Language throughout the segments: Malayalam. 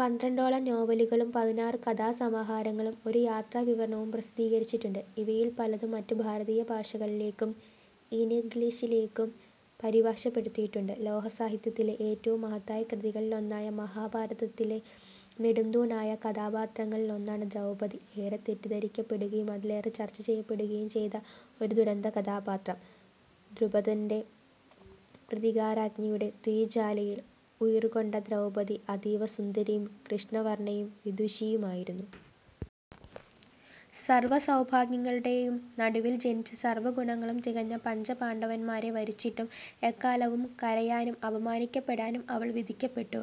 പന്ത്രണ്ടോളം നോവലുകളും പതിനാറു കഥാസമാഹാരങ്ങളും ഒരു യാത്രാ വിവരണവും പ്രസിദ്ധീകരിച്ചിട്ടുണ്ട്. ഇവയിൽ പലതും മറ്റു ഭാരതീയ ഭാഷകളിലേക്കും ഇന്ഗ്ലീഷിലേക്കും പരിഭാഷപ്പെടുത്തിയിട്ടുണ്ട്. ലോകസാഹിത്യത്തിലെ ഏറ്റവും മഹത്തായ കൃതികളിലൊന്നായ മഹാഭാരതത്തിലെ നെടുംതൂണായ കഥാപാത്രങ്ങളിൽ ഒന്നാണ് ദ്രൗപദി. ഏറെ തെറ്റിദ്ധരിക്കപ്പെടുകയും അതിലേറെ ചർച്ചചെയ്യപ്പെടുകയും ചെയ്ത ഒരു ദുരന്ത കഥാപാത്രം. ദ്രുപദൻറെ പ്രതികാരാഗ്നിയുടെ തീജ്വാലയിൽ ഉയിർകൊണ്ട ദ്രൗപദി, അതീവ സുന്ദരിയും, കൃഷ്ണവർണയും, വിദുഷിയും ആയിരുന്നു. സർവ സൗഭാഗ്യങ്ങളുടെയും നടുവിൽ ജനിച്ച് സർവഗുണങ്ങളും തികഞ്ഞ പഞ്ചപാണ്ഡവന്മാരെ വരിച്ചിട്ടും എക്കാലവും കരയാനും അപമാനിക്കപ്പെടാനും അവൾ വിധിക്കപ്പെട്ടു.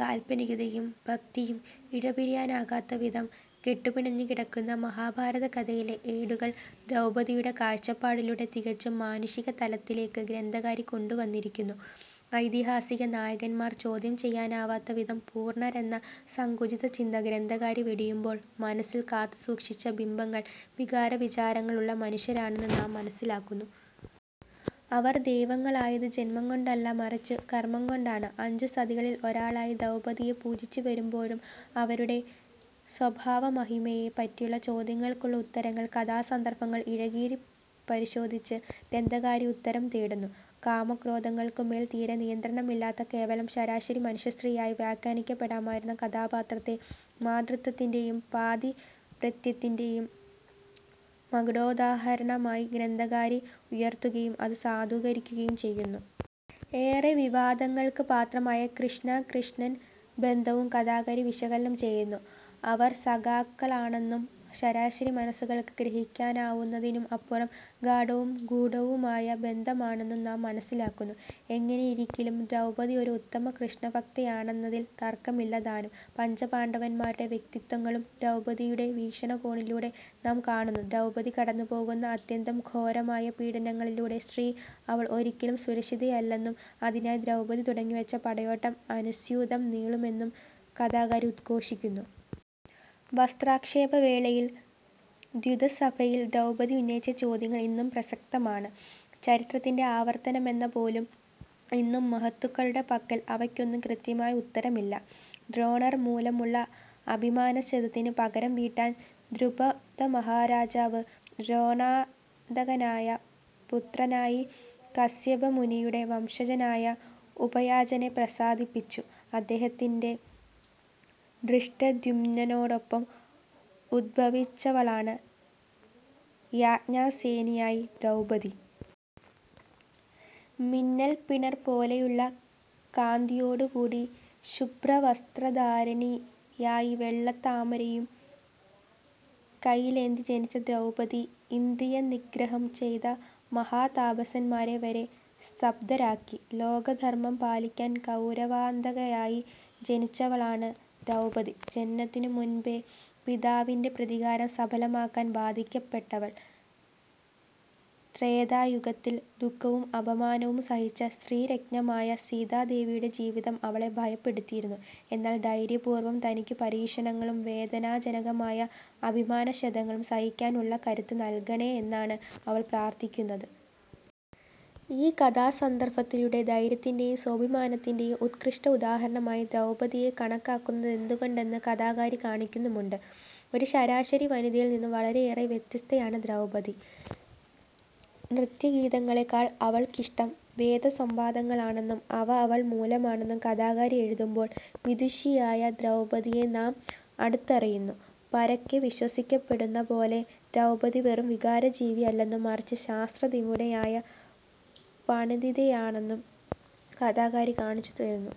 കാൽപനികതയും ഭക്തിയും ഇഴപിരികാനാവാത്തവിധം കെട്ടുപിണഞ്ഞുകിടക്കുന്ന മഹാഭാരതകഥയിലെ ഏടുകൾ ദ്രൗപദിയുടെ കാഴ്ച്ചപ്പാടിലൂടെ തികച്ചും മാനുഷിക തലത്തിലേക്ക് ഗ്രന്ഥകാരി കൊണ്ടുവന്നിരിക്കുന്നു. ഐതിഹാസിക നായകന്മാർ ചോദ്യം ചെയ്യാനാവാത്തവിധം പൂർണ്ണരെന്ന സങ്കുചിത ചിന്ത ഗ്രന്ഥകാരി വെടിയുമ്പോൾ മനസ്സിൽ കാത്തുസൂക്ഷിച്ച ബിംബങ്ങൾ വികാരവിചാരങ്ങളുള്ള മനുഷ്യരാണെന്ന് നാം മനസ്സിലാക്കുന്നു. അവർ ദൈവങ്ങളായത് ജന്മം കൊണ്ടല്ല മറിച്ചു കർമ്മം കൊണ്ടാണ്. അഞ്ചു സതികളിൽ ഒരാളായി ദ്രൗപദിയെ പൂജിച്ചു വരുമ്പോഴും അവരുടെ സ്വഭാവമഹിമയെ പറ്റിയുള്ള ചോദ്യങ്ങൾക്കുള്ള ഉത്തരങ്ങൾ കഥാസന്ദർഭങ്ങൾ ഇഴകീരിപരിശോധിച്ച് ഗ്രന്ഥകാരി ഉത്തരം തേടുന്നു. കാമക്രോധങ്ങൾക്കുമേൽ തീരെ നിയന്ത്രണമില്ലാത്ത കേവലം ശരാശരി മനുഷ്യസ്ത്രീയായി വ്യഘ്യാനിക്കപ്പെടാമായിരുന്ന കഥാപാത്രത്തെ മാതൃത്വത്തിൻറെയും പാതിവ്രത്യത്തിൻറെയും മകുടോദാഹരണമായി ഗ്രന്ഥകാരി ഉയർത്തുകയും അത് സാധൂകരിക്കുകയും ചെയ്യുന്നു. ഏറെ വിവാദങ്ങൾക്ക് പാത്രമായ കൃഷ്ണ-കൃഷ്ണൻ ബന്ധവും കഥാകാരി വിശകലനം ചെയ്യുന്നു. അവർ സഖാക്കളാണെന്നും ശരാശരി മനസ്സുകൾക്ക് ഗ്രഹിക്കാനാവുന്നതിനും അപ്പുറം ഗാഡവും ഗൂഡവുമായ ബന്ധമാണെന്നു നാം മനസ്സിലാക്കുന്നു. എങ്ങനെയിരിക്കിലും ദ്രൗപദി ഒരു ഉത്തമ കൃഷ്ണഭ്ക്തയാണെന്നതിൽ തർക്കമില്ലതാനും. പഞ്ചപാണ്ടവന്മാരുടെ വ്യക്തിത്വങ്ങളും ദ്രൗപദിയുടെ വീക്ഷണകോണിലൂടെ നാം കാണുന്നു. ദ്രൗപദി കടന്നുപോകുന്ന അത്യന്തം ഘോരമായ പീഡനങ്ങളിലൂടെ, സ്ത്രീ, അവൾ ഒരിക്കലും സുരക്ഷിതയല്ലെന്നും അതിനായി ദ്രൗപദി തുടങ്ങിവെച്ച പടയോട്ടം അനുസ്യൂതം നീളുമെന്നും കഥാകാരി ഉദ്ഘോഷിക്കുന്നു. വസ്ത്രാക്ഷേപവേളയിൽ. ദ്യുതസഭയിൽ ദ്രൗപദി ഉന്നയിച്ച ചോദ്യങ്ങൾ ഇന്നും പ്രസക്തമാണ്. ചരിത്രത്തിൻറെ ആവർത്തനമെന്ന പോലെ ഇന്നും മഹത്തുക്കളുടെ പക്കൽ അവയ്ക്കൊന്നും കൃത്യമായ ഉത്തരം ഇല്ല. ദ്രോണർ മൂലമുള്ള അഭിമാനക്ഷതത്തിന് പകരം വീട്ടാൻ ദ്രുപദമാഹാരാജാവ് ദ്രോണാന്തകനായ പുത്രനായി കസ്യപമുനിയുടെ വംശജനായ ഉപയാജനെ പ്രസാദിപ്പിച്ചു. അദ്ദേഹത്തിൻറെ ധൃഷ്ടദ്യുംനനോടോപ്പം ഉദ്ഭവിച്ചവളാണ് യാജ്ഞാസേനിയായ് ദ്രൗപദി. മിന്നൽ പിണർ പോലെയുള്ള കാന്തിയോടുകൂടി, ശുഭ്രവസ്ത്രധാരിണിയായി, വെള്ളത്താമരയും കൈയിലേന്തി ജനിച്ച ദ്രൗപദി, ഇന്ദ്രിയനിഗ്രഹം ചെയ്ത മഹാതാപസന്മാരെ വരെ സ്തബ്ധരാക്കി. ലോകധർമ്മം പാലിക്കാൻ കൗരവാന്തകയായി ജനിച്ചവളാണ് ദ്രൗപദി. ജനനത്തിനു മുൻപേ പിതാവിൻറെ പ്രതികാരം സഫലമാക്കാൻ ബാധിക്കപെട്ടവൾ. ത്രേതായുഗത്തിൽ ദുഖവും അപമാനവും സഹിച്ച സ്ത്രീരത്നമായ സീതാദേവിയുടെ ജീവിതം അവളെ ഭയപ്പെടുത്തിയിരുന്നു. എന്നാൽ ധൈര്യപൂർവ്വം തനിക്കു പരീക്ഷണങ്ങളും, വേദനാജനകമായ അഭിമാനക്ഷതങ്ങളും സഹിക്കാനുള്ള കരുത്ത് നൽകണേ എന്നാണ് അവൾ പ്രാർഥിക്കുന്നത്. ഈ കഥാസന്ദർഭത്തിലൂടെ ധൈര്യത്തിന്റെയും സ്വാഭിമാനതിന്റെയും ഉത്കൃഷ്ട ഉദാഹരണമായി ദ്രൗപദിയെ കണക്കാക്കുന്നതെന്തുകൊണ്ടെന്ന് കഥാകാരി കാണിക്കുന്നുമുണ്ട്. ഒരു ശരാശരി വനിതയിൽനിന്നു വളരെയേറെ വത്യസ്തയാണ് ദ്രൗപദി. നൃത്യഗീതങ്ങളെക്കാൾ അവൾക്കിഷ്ടം വേദസംവാദങ്ങളാണന്നും, അവ അവൾ മൂലമാണെന്നും കഥാകാരി എഴുതുമ്പോൾ വിദുഷിയായ ദ്രൗപദിയെ നാം അടുത്തറിയുന്നു. പരക്കെ വിശ്വസിക്കപ്പെടുന്ന പോലെ ദ്രൗപദി വെറും വികാരജീവിയല്ലെന്നും മറിച്ച് ശാസ്ത്രനിപുണയായ പണ്ധിതയാണന്നും കഥാകാരി കാണിച്ചുതരുന്നു.